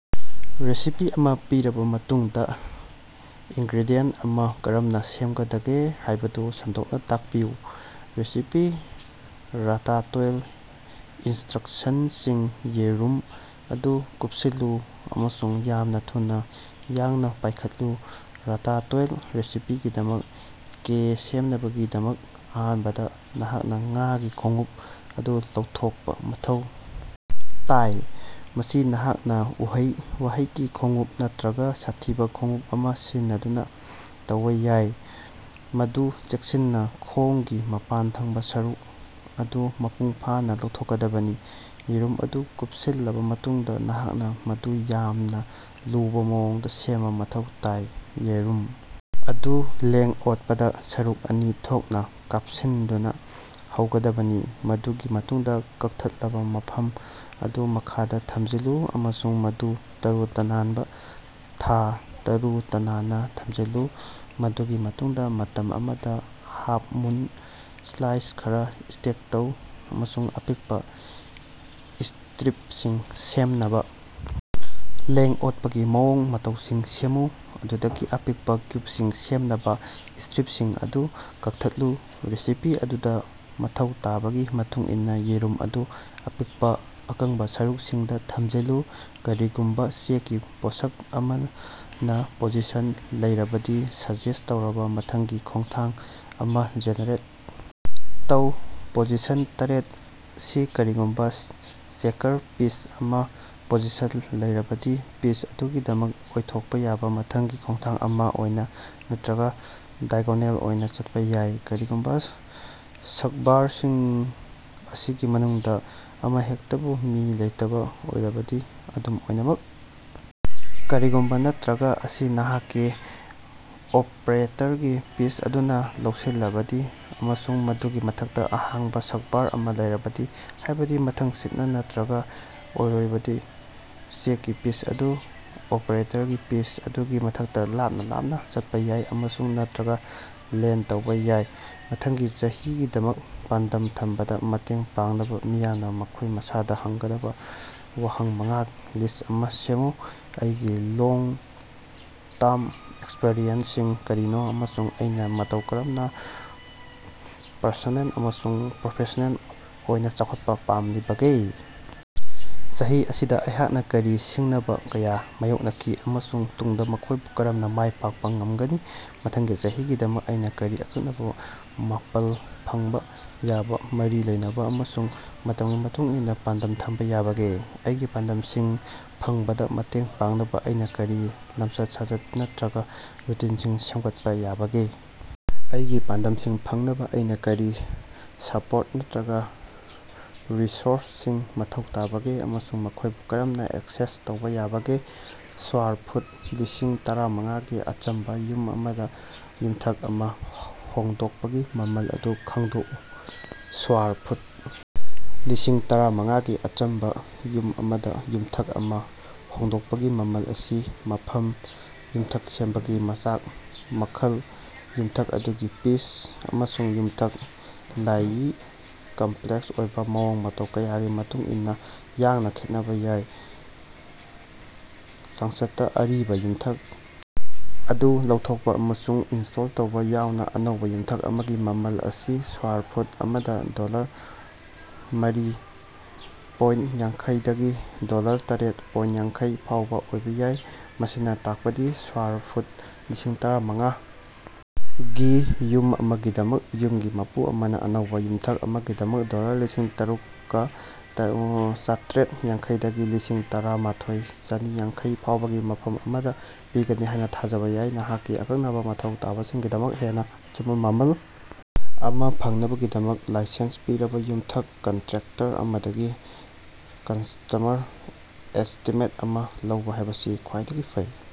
Recipe ꯑꯃ ꯄꯤꯔꯕ ꯃꯇꯨꯡꯗ, ꯏꯉ꯭ꯔꯦꯗꯤꯌꯦꯟꯠ ꯑꯃ ꯀꯔꯝꯅ ꯁꯦꯝꯒꯗꯒꯦ ꯍꯥꯏꯕꯗꯨ ꯁꯟꯗꯣꯛꯅ ꯇꯥꯛꯄꯤꯌꯨ꯫ ꯔꯦꯁꯤꯄꯤ ꯔꯥꯇꯥꯇꯣꯏꯜ ꯏꯟꯁꯇ꯭ꯔꯛꯁꯟꯁꯤꯡ ꯌꯦꯔꯨꯝ ꯑꯗꯨ ꯀꯨꯞꯁꯤꯜꯂꯨ ꯑꯃꯁꯨꯡ ꯌꯥꯝꯅ ꯊꯨꯅꯥ ꯌꯥꯡꯅ ꯄꯥꯏꯈꯠꯂꯨ꯫ ꯔꯥꯇꯥꯇꯣꯏꯜ ꯔꯦꯁꯤꯄꯤꯒꯤꯗꯃꯛꯇ ꯀꯦ ꯁꯦꯝꯅꯕꯒꯤꯗꯃꯛ, ꯑꯍꯥꯟꯕꯗ ꯅꯍꯥꯛꯅ ꯉꯥꯒꯤ ꯈꯣꯡꯎꯞ ꯑꯗꯨ ꯂꯧꯊꯣꯛꯄ ꯃꯊꯧ ꯇꯥꯏ꯫ ꯃꯁꯤ ꯅꯍꯥꯛꯅ ꯎꯍꯩ-ꯋꯥꯍꯩꯒꯤ ꯈꯣꯡꯎꯞ ꯅꯠꯇꯔꯒꯥ ꯁꯥꯊꯤꯕ ꯈꯣꯡꯎꯞ ꯑꯃ ꯁꯤꯖꯤꯟꯅꯗꯨꯅ ꯇꯧꯕ ꯌꯥꯏ, ꯃꯗꯨ ꯆꯦꯛꯁꯤꯟꯅ ꯈꯣꯡꯒꯤ ꯃꯄꯥꯟꯊꯪꯕꯥ ꯁꯔꯨꯛ ꯑꯗꯨ ꯃꯄꯨꯡꯐꯥꯅ ꯂꯧꯊꯣꯛꯀꯗꯕꯅꯤ꯫ ꯌꯦꯔꯨꯝ ꯑꯗꯨ ꯀꯨꯄꯁꯤꯜꯂꯕ ꯃꯇꯨꯡꯗ, ꯅꯍꯥꯛꯅ ꯃꯗꯨ ꯌꯥꯝꯅ ꯂꯨꯕ ꯃꯑꯣꯡꯗ ꯁꯦꯝꯕ ꯃꯊꯧ ꯇꯥꯏ꯫ ꯌꯦꯔꯨꯝ ꯑꯗꯨ ꯂꯦꯡ-ꯑꯣꯠꯄꯗꯥ ꯁꯔꯨꯛ ꯑꯅꯤ ꯊꯣꯛꯅ ꯀꯥꯞꯁꯤꯟꯗꯨꯅ ꯍꯧꯒꯗꯕꯅꯤ, ꯃꯗꯨꯒꯤ ꯃꯇꯨꯡꯗ ꯀꯛꯊꯠꯂꯕ ꯃꯐꯝ ꯑꯗꯨ ꯃꯈꯥꯗ ꯊꯝꯖꯤꯜꯂꯨ ꯑꯃꯁꯨꯡ ꯃꯗꯨ ꯇꯥꯔꯨ-ꯇꯅꯥꯟꯕꯥ ꯊꯥ ꯇꯔꯨ-ꯇꯅꯥꯟꯅꯥ ꯊꯝꯖꯤꯜꯂꯨ꯫ ꯃꯗꯨꯒꯤ ꯃꯇꯨꯡꯗ, ꯃꯇꯝ ꯑꯃꯗ ꯍꯥꯐ-ꯃꯨꯟ ꯁ꯭ꯂꯥꯏꯁ ꯈꯔ ꯁ꯭ꯇꯦꯛ ꯇꯧ ꯑꯃꯁꯨꯡ ꯑꯄꯤꯛꯄ ꯁ꯭ꯇꯔꯤꯄꯁꯤꯡ ꯁꯦꯝꯅꯕ ꯂꯦꯡ-ꯑꯣꯠꯄꯒꯤ ꯃꯑꯣꯡ-ꯃꯇꯧꯁꯤꯡ ꯁꯦꯝꯃꯨ꯫ ꯑꯗꯨꯗꯒꯤ ꯑꯄꯤꯛꯄ ꯀ꯭꯭ꯌꯨꯕꯁꯤꯡ ꯁꯦꯝꯅꯕꯥ ꯁ꯭ꯇꯔꯤꯞꯁꯤꯡ ꯑꯗꯨ ꯀꯛꯊꯠꯂꯨ꯫ ꯔꯦꯁꯤꯄꯤ ꯑꯗꯨꯗ ꯃꯊꯧ ꯇꯥꯕꯒꯤ ꯃꯇꯨꯡꯏꯟꯅꯥ, ꯌꯦꯔꯨꯝ ꯑꯗꯨ ꯑꯄꯤꯛꯄ, ꯑꯀꯪꯕ ꯁꯔꯨꯛꯁꯤꯡꯗ ꯊꯝꯖꯤꯜꯂꯨ꯫ ꯀꯔꯤꯒꯨꯝꯕ ꯆꯦꯛꯀꯤ ꯄꯣꯠꯁꯛ ꯑꯃꯅ ꯄꯣꯖꯤꯁꯟ ꯂꯩꯔꯕꯗꯤ ꯁꯖꯦꯁ꯭ꯠ ꯇꯧꯔꯕꯥ ꯃꯊꯪꯒꯤ ꯈꯣꯡꯊꯥꯡ ꯑꯃꯥ ꯖꯦꯅꯦꯔꯦꯠ ꯇꯧ꯫ ꯄꯣꯖꯤꯁꯟ ꯇꯔꯦꯠ ꯁꯤ ꯀꯔꯤꯒꯨꯝꯕ ꯆꯦꯀꯔ ꯄꯤꯁ ꯑꯃ ꯄꯣꯖꯤꯁꯟ ꯂꯩꯔꯕꯗꯤ, ꯄꯤꯁ ꯑꯗꯨꯒꯤꯗꯃꯛꯇ ꯑꯣꯏꯊꯣꯛꯄ ꯌꯥꯕꯥ ꯃꯊꯪꯒꯤ ꯈꯣꯡꯊꯥꯡ ꯑꯃ ꯑꯣꯏꯅꯥ ꯅꯠꯇ꯭ꯔꯒ ꯗꯥꯏꯒꯣꯅꯦꯜ ꯑꯣꯏꯅ ꯆꯠꯄ ꯌꯥꯏ, ꯀꯔꯤꯒꯨꯝꯕ ꯁ꯭ꯛꯕꯥꯔꯁꯤꯡ ꯑꯁꯤꯒꯤ ꯃꯅꯨꯡꯗ ꯑꯃꯍꯦꯛꯇꯕꯨ ꯃꯤ ꯂꯩꯇꯕꯥ ꯑꯣꯏꯔꯕꯗꯤ꯫ ꯑꯗꯨꯝ ꯑꯣꯏꯅꯃꯛ, ꯀꯔꯤꯒꯨꯝꯕꯥ ꯅꯠꯇꯔꯒ ꯑꯁꯤ ꯅꯍꯥꯛꯀꯤ ꯑꯣꯄ꯭ꯔꯦꯇꯔꯒꯤ ꯄꯤꯁ ꯑꯗꯨꯅꯥ ꯂꯧꯁꯤꯜꯂꯕꯗꯤ, ꯑꯃꯁꯨꯡ ꯃꯗꯨꯒꯤ ꯃꯊꯛꯇꯥ ꯑꯍꯥꯡꯕ ꯁ꯭ꯛꯕꯥꯔ ꯑꯃ ꯂꯩꯔꯕꯗꯤ, ꯍꯥꯏꯕꯗꯤ ꯃꯊꯪꯁꯤꯠꯅ ꯅꯠꯇꯔꯒ ꯑꯣꯏꯔꯕꯗꯤ, ꯆꯦꯛꯀꯤ ꯄꯤꯁ ꯑꯗꯨꯅ ꯑꯣꯄ꯭ꯔꯦꯇꯔꯒꯤ ꯄꯤꯁ ꯑꯗꯨꯒꯤ ꯃꯊꯛꯇ ꯂꯥꯞꯅ ꯂꯥꯞꯅ ꯆꯠꯄ ꯌꯥꯏ, ꯑꯃꯁꯨꯡ ꯅꯠꯇꯔꯒ ꯂꯦꯟꯗ ꯇꯧꯕ ꯌꯥꯏ꯫ ꯃꯊꯪꯒꯤ ꯆꯍꯤꯒꯤꯗꯃꯛ ꯄꯥꯟꯗꯝ ꯊꯝꯕꯗꯥ ꯃꯇꯦꯡ ꯄꯥꯡꯅꯕ ꯃꯤꯌꯥꯝꯅ ꯃꯈꯣꯏ ꯃꯁꯥꯗ ꯍꯪꯒꯗꯕ ꯋꯥꯍꯪ ꯃꯉꯥꯒꯤ ꯂꯤꯁ꯭ꯠ ꯑꯃ ꯁꯦꯝꯃꯨ꯫ ꯑꯩꯒꯤ ꯂꯣꯡ ꯇꯥꯔ꯭ꯝ ꯑꯦꯁ꯭ꯄꯤꯔꯦꯁꯟ ꯁꯤꯡ ꯀꯔꯤꯅꯣ ꯑꯃꯁꯨꯡ ꯑꯩꯅ ꯃꯇꯧ ꯀꯔꯝꯅ ꯄ꯭ꯔꯁꯣꯅꯦꯜ ꯑꯃꯁꯨꯡ ꯄ꯭꯭ꯔꯣꯐꯦꯁ꯭ꯅꯦꯜ ꯑꯣꯏꯅ ꯆꯥꯎꯈꯠꯄ ꯄꯥꯝꯂꯤꯕꯒꯦ? ꯆꯍꯤ ꯑꯁꯤꯗ ꯑꯩꯍꯥꯛꯅ ꯀꯔꯤ ꯁꯤꯡꯅꯕ ꯀꯌꯥ ꯃꯥꯌꯣꯛꯅꯈꯤ ꯑꯃꯁꯨꯡ ꯇꯨꯡꯗ ꯃꯈꯣꯏꯕꯨ ꯀꯔꯝꯅ ꯃꯥꯏ ꯄꯥꯛꯄ ꯉꯝꯒꯅꯤ? ꯃꯊꯪꯒꯤ ꯆꯍꯤꯒꯤꯗꯃꯛ ꯑꯩꯅ ꯀꯔꯤ ꯑꯀꯛꯅꯕ, ꯃꯥꯄꯜ, ꯐꯪꯕꯥ ꯌꯥꯕꯥ, ꯃꯔꯤ ꯂꯩꯅꯕ ꯑꯃꯁꯨꯡ ꯃꯇꯝꯒꯤ ꯃꯇꯨꯡ ꯏꯟꯅ ꯄꯥꯟꯗꯝ ꯊꯝꯕ ꯌꯥꯕꯒꯦ? ꯑꯩꯒꯤ ꯄꯥꯟꯗꯝꯁꯤꯡ ꯐꯪꯕꯗ ꯃꯇꯦꯡ ꯄꯥꯡꯅꯕ ꯑꯩꯅ ꯀꯔꯤ ꯂꯝꯆꯠ-ꯁꯥꯖꯠ ꯅꯠꯇꯔꯒ ꯔꯨꯇꯤꯟꯁꯤꯡ ꯁꯦꯝꯒꯠꯄꯥ ꯌꯥꯕꯒꯦ? ꯑꯩꯒꯤ ꯄꯥꯟꯗꯝꯁꯤꯡ ꯐꯪꯅꯕ ꯑꯩꯅ ꯀꯔꯤ ꯁ꯭ꯄꯣꯔꯠ ꯅꯠꯇꯔꯒ ꯔꯤꯁꯣꯔꯁ ꯁꯤꯡ ꯃꯊꯧ ꯇꯥꯕꯒꯦ ꯑꯃꯁꯨꯡ ꯃꯈꯣꯏꯕꯨ ꯀꯔꯝꯅ ꯑꯦꯛꯁꯦꯁ ꯇꯧꯕ ꯌꯥꯕꯒꯦ? ꯁ꯭ꯋꯥꯔ ꯐꯨꯠ ꯂꯤꯁꯤꯡ ꯇꯥꯔꯥ ꯃꯉꯥꯒꯤ ꯑꯆꯝꯕꯥ ꯌꯨꯝ ꯑꯃꯗ ꯌꯨꯝꯊꯛ ꯑꯃ ꯍꯣꯡꯗꯣꯛꯄꯒꯤ ꯃꯃꯜ ꯑꯗꯨ ꯈꯪꯗꯣꯛꯎ꯫ ꯁ꯭ꯋꯥꯔ ꯐꯨꯠ ꯂꯤꯁꯤꯡ ꯇꯥꯔꯥ ꯃꯉꯥꯒꯤ ꯑꯆꯝꯕ ꯌꯨꯝ ꯑꯃꯗ ꯌꯨꯝꯊꯛ ꯑꯃ ꯍꯣꯡꯗꯣꯛꯄꯒꯤ ꯃꯃꯜ ꯑꯁꯤ ꯃꯐꯝ, ꯌꯨꯝꯊꯛ ꯁꯦꯝꯕꯒꯤ ꯃꯆꯥꯛ ꯃꯈꯜ, ꯌꯨꯝꯊꯛ ꯑꯗꯨꯒꯤ ꯄꯤꯆ, ꯑꯃꯁꯨꯡ ꯌꯨꯝꯊꯛ ꯂꯥꯏꯉꯤ ꯀꯝꯄ꯭ꯂꯦꯛꯁ ꯑꯣꯏꯕꯥ ꯃꯑꯣꯡ-ꯃꯇꯧ ꯀꯌꯥꯒꯤ ꯃꯇꯨꯡꯏꯟꯅꯥ ꯌꯥꯡꯅ ꯈꯦꯠꯅꯕ ꯌꯥꯏ꯫ ꯆꯥꯡꯆꯠꯇ, ꯑꯔꯤꯕ ꯌꯨꯝꯊꯛ ꯑꯗꯨ ꯂꯧꯊꯣꯛꯄ ꯑꯃꯁꯨꯡ ꯏꯟꯁꯇꯣꯜ ꯇꯧꯕ ꯌꯥꯎꯅ ꯑꯅꯧꯕ ꯌꯨꯝꯊꯛ ꯑꯃꯒꯤ ꯃꯃꯜ ꯑꯁꯤ ꯁ꯭ꯋꯥꯔ ꯐꯨꯠ ꯑꯃꯗ ꯗꯣꯂꯔ ꯃꯔꯤ ꯄꯣꯏꯟ ꯌꯥꯡꯈꯩ ꯗꯒꯤ ꯗꯣꯂꯔ ꯇꯔꯦꯠ ꯄꯣꯏꯟ ꯌꯥꯡꯈꯩ ꯐꯥꯎꯕ ꯑꯣꯏꯕ ꯌꯥꯏ꯫ ꯃꯁꯤꯅ ꯇꯥꯛꯄꯗꯤ ꯁ꯭ꯋꯥꯔ ꯐꯨꯠ ꯂꯤꯁꯤꯡ ꯇꯥꯔꯥ ꯃꯉꯥ ꯒꯤ ꯌꯨꯝ ꯑꯃꯒꯤꯗꯃꯛ, ꯌꯨꯝꯒꯤ ꯃꯄꯨ ꯑꯃꯅ ꯑꯅꯧꯕꯥ ꯌꯨꯝꯊꯛ ꯑꯃꯒꯤꯗꯃꯛ ꯗꯣꯂꯔ ꯂꯤꯁꯤꯡ ꯇꯔꯨꯛꯀꯥ ꯆꯥꯇ꯭꯭ꯔꯦꯠ ꯌꯥꯡꯈꯩꯗꯒꯤ ꯂꯤꯁꯤꯡ ꯇꯥꯔꯥ ꯃꯥꯊꯣꯏ ꯆꯥꯅꯤ ꯌꯥꯡꯈꯩ ꯐꯥꯎꯕꯒꯤ ꯃꯐꯝ ꯑꯃꯗ ꯄꯤꯒꯅꯤ ꯍꯥꯏꯅ ꯊꯥꯖꯕꯥ ꯌꯥꯏ꯫ ꯅꯍꯥꯛꯀꯤ ꯑꯀꯛꯅꯕꯥ ꯃꯊꯧ ꯇꯥꯕꯁꯤꯡꯒꯤꯗꯃꯛ ꯍꯦꯟꯅꯥ ꯑꯆꯨꯝꯕꯥ ꯃꯃꯜ ꯑꯃꯥ ꯐꯪꯅꯕꯒꯤꯗꯃꯛ ꯂꯥꯏꯁꯦꯟꯁ ꯄꯤꯔꯕꯥ ꯌꯨꯝꯊꯛ ꯀꯟꯇ꯭ꯔꯦꯛꯇꯔ ꯑꯃꯗꯒꯤ ꯀꯁ꯭ꯇꯃꯔ ꯑꯦꯁ꯭ꯇꯤꯃꯦꯠ ꯑꯃ ꯂꯧꯕ ꯍꯥꯏꯕꯁꯤ ꯈ꯭ꯋꯥꯏꯗꯒꯤ ꯐꯩ꯫